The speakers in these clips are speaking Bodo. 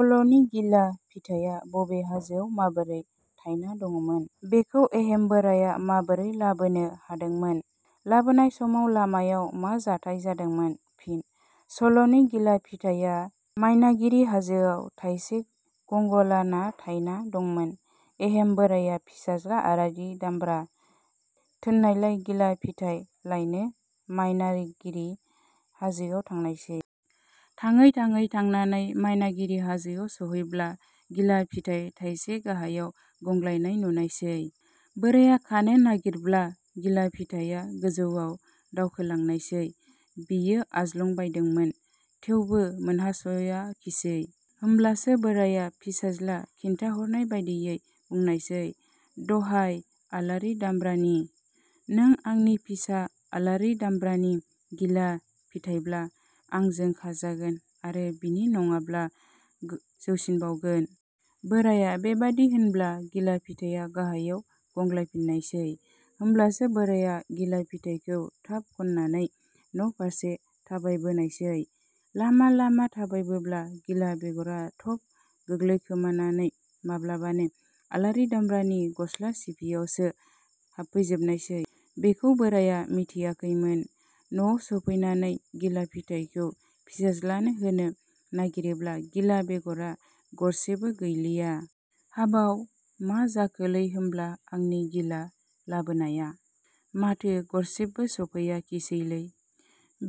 सल'नि गिला फिथाइया बबे हाजोआव माबोरै थायना दंमोन? बेखौ एहेम बोराइया माबोरै लाबोनो हादोंमोन? लाबोनाय समाव लामायाव मा जाथाइ जादोंमोन? फिन: सल'नि गिला फिथाइया मायनागिरि हाजोआव थाइसे गंग्लाना थायना दंमोन। एहेम बोराया फिसाज्ला आलारि दामब्रा थोननायलाय गिला फिथाइ लायनो मायनागिरि हाजोआव थांनायसै। थाङै थाङै थांनानै मायनागिरि हाजोआव सहैब्ला गिला फिथाइ थाइसे गाहायाव गंग्लायनाय नुनायसै। बोराया खानो नागिरब्ला गिला फिथाइया गोजौआव दावखोलांनायसै। बियो आज्लंबायदोंमोन। थेवबो मोनहास'आखिसै। होमब्लासो बोराइया फिसाज्ला खिन्थाहरनाय बादियै बुंनायसै "दहाय आलारि दामब्रानि। " नों आंनि फिसा आलारि दामब्रानि गिला फिथाइब्ला आंजो खाजागोन आरो बिनि नडाब्ला जौसिनबावगोन। बोराया बेबादि होनब्ला गिला फिथाया गाहायाव गंग्लायफिननायसै। होमब्लासो बोराया गिला फिथाइखौ थाब खानानै न'फारसे थाबायबोनायसै। लामा लामा थाबायबोब्ला गिला बेगरा थब गोलैखोमानानै माब्लाबानो आलारि दामब्रानि गस्ला सिफियावसो हाबफैजोबनायसै। बेखौ बोराया मिथियाखैमोन। न'आव सफैनानै गिला फिथाइखौ फिसाज्लानो होनो नागिरोब्ला गिला बेगरा गरसेबो गैलिया। "हाबाव, मा जाखोलै होमब्ला आंनि गिला लाबोनाया? माथो गरसेबबो सफैयाखिसैलै।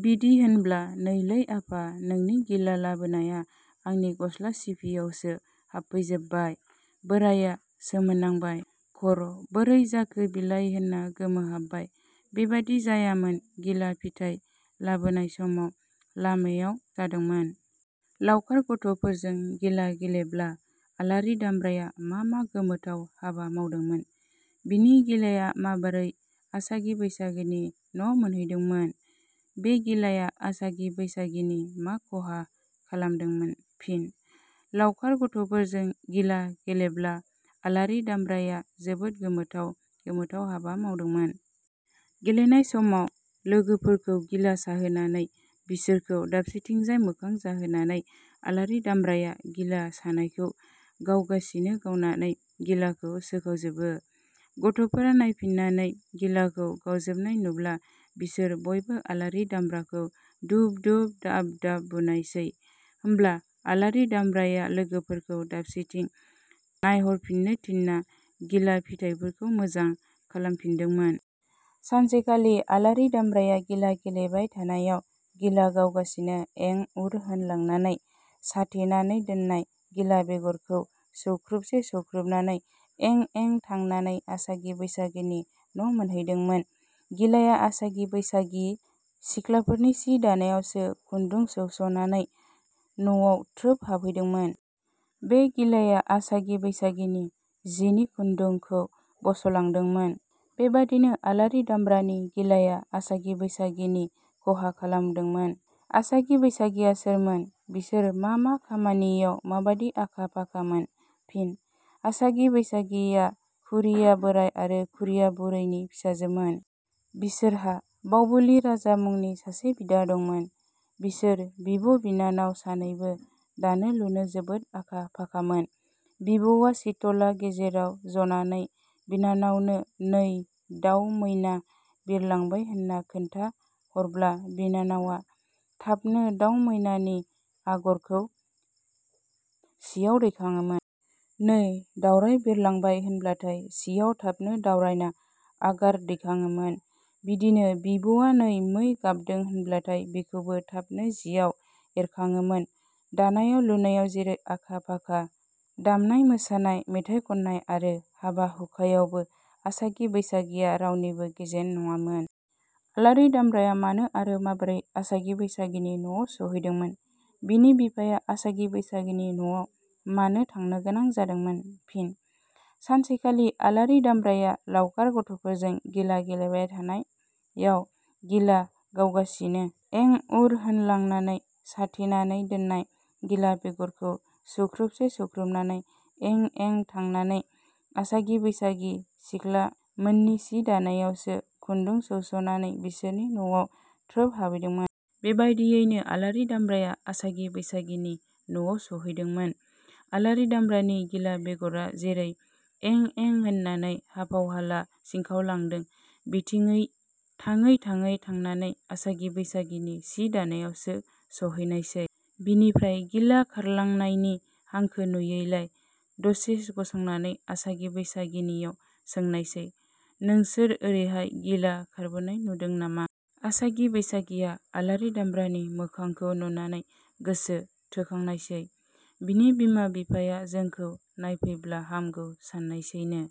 बिदि होनब्ला, "नै लै आफा, नोंनि गिला लाबोनाया आंनि गसला सिफियावसो हाबफैजोबबाय। " बोराया सोमोनांबाय, खर' बोरै जाखो बिलाय होनना गोमोहाबबाय। बेबादि जायामानो गिला फिथाइ लाबोनाय समाव लामायाव जादोंमोन।. लावखार गथ 'फोरजों गिला गेलेब्ला आलारि दामब्राया मा मा गोमोथाव हाबा मावदोंमोन? बिनि गिलाया माबोरै आसागि बैसागिनि न' मोनहैदोंमोन? बे गिलाया आसागि बैसागिनि मा खहा खालामदोंमोन? फिन: लावखार गथ'फोरजों गिला गेलेब्ला आलारि दामब्राया जोबोद गोमोथाव गोमोथाव हाबा मावदोंमोन। गेलेनाय समाव लोगोफोरखौ गिला साहोनानै बिससोरखौ दाबसेथिंजाय मोखां जाहोनानै आलारि दामब्राया गिला सानायखौ गावगासिनो गावनानै गिलाखौ सोखावजोबो। गथ'फोरा नायफिननानै गिलाखौ गावजोबनाय नुब्ला बिसोर बयबो आलारि दामब्राखौ दुब-दुब दाब-दाब बुनायसै। होमब्ला आलारि दामब्राया लोगोफोरखौ दाबसेथिं नायहरफिननो थिनना गिला फिथाइफोरखौ मोजां खालामफिनदोंमोन। सानसेखालि आलारि दामब्राया गिला गेलेबाय थानायाव गिला गावगासिनो एं-उर होनलांनानै साथेनानै दोननाय गिला बेगरखौ सौख्रुबसे सौख्रुबनानै एं-एं थांनानै आसागि बैसागिनि न' मोनहैदोंमोन। गिलाया आसागि बैसागि सिख्लाफोरनि सि दानायावसो खुन्दुं सौस'नानै नवाव थ्रोब हाबहैदोंमोन। बे गिलाया आसागि बैसागिनि जिनि खुन्दुंखौ बस'लांदोंमोन। बेबादिनो आलारि दामब्रानि गिलाया आसागि बैसागिनि खहा खालामदोंमोन।. आसागि बैसागिया सोरमोन? बिसोर मा मा खामानियाव माबादि आखा- फाखामोन? फिनः आसागि बैसागिया खुरिया बोराइ आरो खुरिया बुरैनि फिसाजोमोन। बिसोरहा बावबुलि राजा मुंनि सासे बिदा दंमोन। बिसोर बिब' बिनानाव सानैबो दानो लुनो जोबोद आखा- फाखामोन। बिब'वा सिथला गेजेराव जनानै बिनानावनो- नै दाउ मैना बिरलांबाय होनना खोन्था हरब्ला बिनानावा थाबनो दाउ मैनानि आगरखौ सियाव दैखाङोमोन। नै दाउराय बिरलांबाय होनब्लाथाय सियाव थाबनो दावरायना आगार दैखाङोमोन। बिदिनो बिब'वा नै मै गाबदों होनब्लाथाय बेखौबो थाबनो जियाव एरलाङोमोन। दानायाव लुनायाव जैरै आखा-फाखा, दामनाय मोसानाय, मेथाइ खननाय आरो हाबा-हुखायावबो आसागि बैसागिया रावनिबो गेजेन नङामोन।. आलारि दामब्राया मानो आरो माबोरै आसागि बैसागिनि नआव सहैदोंमोन? बिनि बिफाया आसागि बैसागिनि नआव मानो थांनोगोनां जादोंमोन? फिनः सानसेखालि आलारि दामब्राया लावखार गथ'फोरजों गिला गेलेबाय थानायाव गिला गावगासिनो एं-उर होनलांनानै साथेनानै दोननाय गिला बेगरखौ सौख्रुबसे सौख्रुबनानै एं-एं थांनानै आसागि बैसागि सिख्लाममोननि सि दानायावसो खुन्दुं सौस'नानै बिसोरनि नवाव थ्रोब हाबहैदोंमोन। बेबादयैनो आलारि दामब्राया आसागि बैसागिनि न'आव सौहैदोंममोन। आलारि दामब्रानि गिला बेगरा जेरै एं-एं होननानै हाफाव हाला सिंखावलांदों बेथिङै थाङै थाङै थांनानै आसागि बैसागिनि सि दानायावसो सौहैनायसै। बिनिफ्राय गिला खारलांनायनि हांखो नुयैलाय दसे गसंनानै आसागि बैसागिनियाव सोंनायसै – नोंसोर ओरैहाय गिला खारबोनाय नुदों नामा? आसागि बैसागिया आलारि दामब्रानि मोखांखौ नुनानै गोसो थोखांनायसै। बिनि बिमा बिफाया जोंखौ नायफैब्ला हामगौ साननायसैनो।